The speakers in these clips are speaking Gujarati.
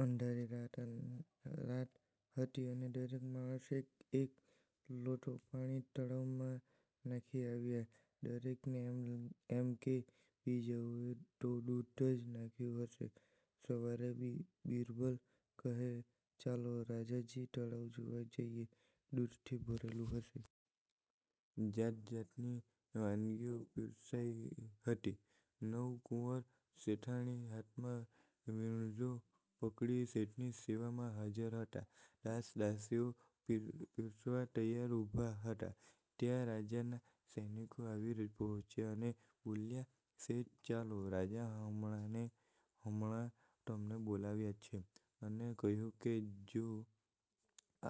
અંધારી રાત હતી અને દરેક માણસ એક એક લોટો પાણી તળાવમાં નાખી આવ્યા. દરેકને એમ કે બીજાઓએ તો દૂધ જ નાંખ્યુ હશે. સવારે બિરબલ કહે: ચાલો રાજાજી, તળાવ જોવા જઈએ. દૂધથી ભરેલું હશે. જાતજાતની વાનગીઓ પીરસાઈ હતી. નવકુંવર શેઠાણી હાથમાં વીંણજો પકડી શેઠની સેવામાં હાજર હતા. દાસ-દાસીઓ પીરસવા તૈયાર ઉભા હતા. ત્યાં રાજાના સૈનિકો આવી પહોંચ્યા અને બોલ્યા: શેઠ, ચાલો. રાજા હમણાંને હમણાં તમને બોલાવ્યા છે અને કહ્યું છે કે જો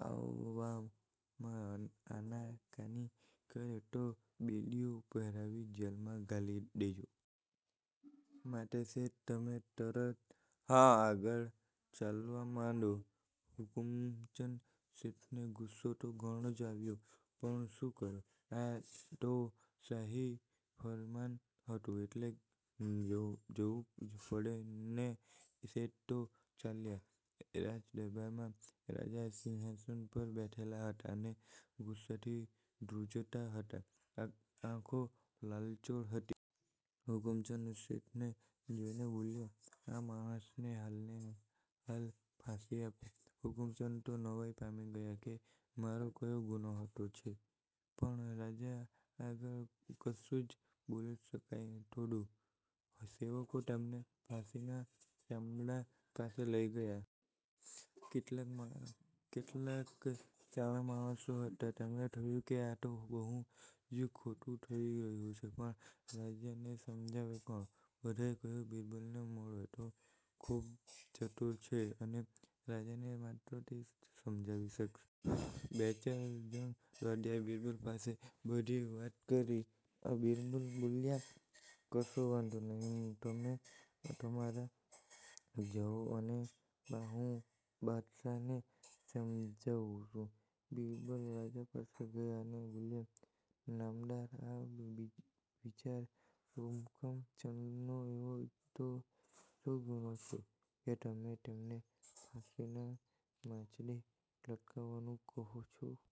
આવવામાં આનાકાની કરે તો બેડીઓ પહેરાવી જેલમાં ઘાલી દેજો. માટે શેઠ, તમે તરત આગળ ચાલવા માંડો. હુકમચંદ શેઠને ગુસ્સો તો ઘણો જ આવ્યો, પણ શું કરે? આ તો શાહી ફરમાન હતું એટલે જવું જ પડે ને? શેઠ તો ચાલ્યા. રાજ દરબારમાં રાજા સિંહાસન પર બેઠેલા હતા અને ગુસ્સાથી ધ્રુજતા હતા, આંખો લાલચોળ હતી. હુકમચંદ શેઠને જોઇને બોલ્યા: આ માણસને હાલને હાલ ફાંસી આપો. હુકમચંદ તો નવાઈ પામી ગયા કે મારો કયો ગુનો હતો છે? પણ રાજા આગળ કશું જ બોલી શકાય થોડું? સેવકો તેમને ફાંસીના ચામડા પાસે લઈ ગયા. કેટલાક કેટલાક શાણા માણસો હતા, તેમને થયું કે આ તો બહુ જ ખોટું થઈ રહ્યું છે. પણ રાજાને સમજાવે કોણ? બધાએ કહ્યું: બિરબલને મળો. તો ખૂબ ચતુર છે અને રાજાને માત્ર તે જ સમજાવી શકશે. બે-ચાર જણ દોડ્યા બિરબલ પાસે બધી વાત કરી. બિરબલ બોલ્યા: કશો વાંધો નહીં. તમે તમારા જાઓ અને હું બાદશાહને સમજાવું છું. બિરબલ રાજા પાસે ગયા અને બોલ્યા: નામદાર, આ બિચાર હુકમચંદનો એવો તો શો ગુનો છે કે તમે તેમને ફાંસીના માંચડે લટકાવવાનું કહો છો?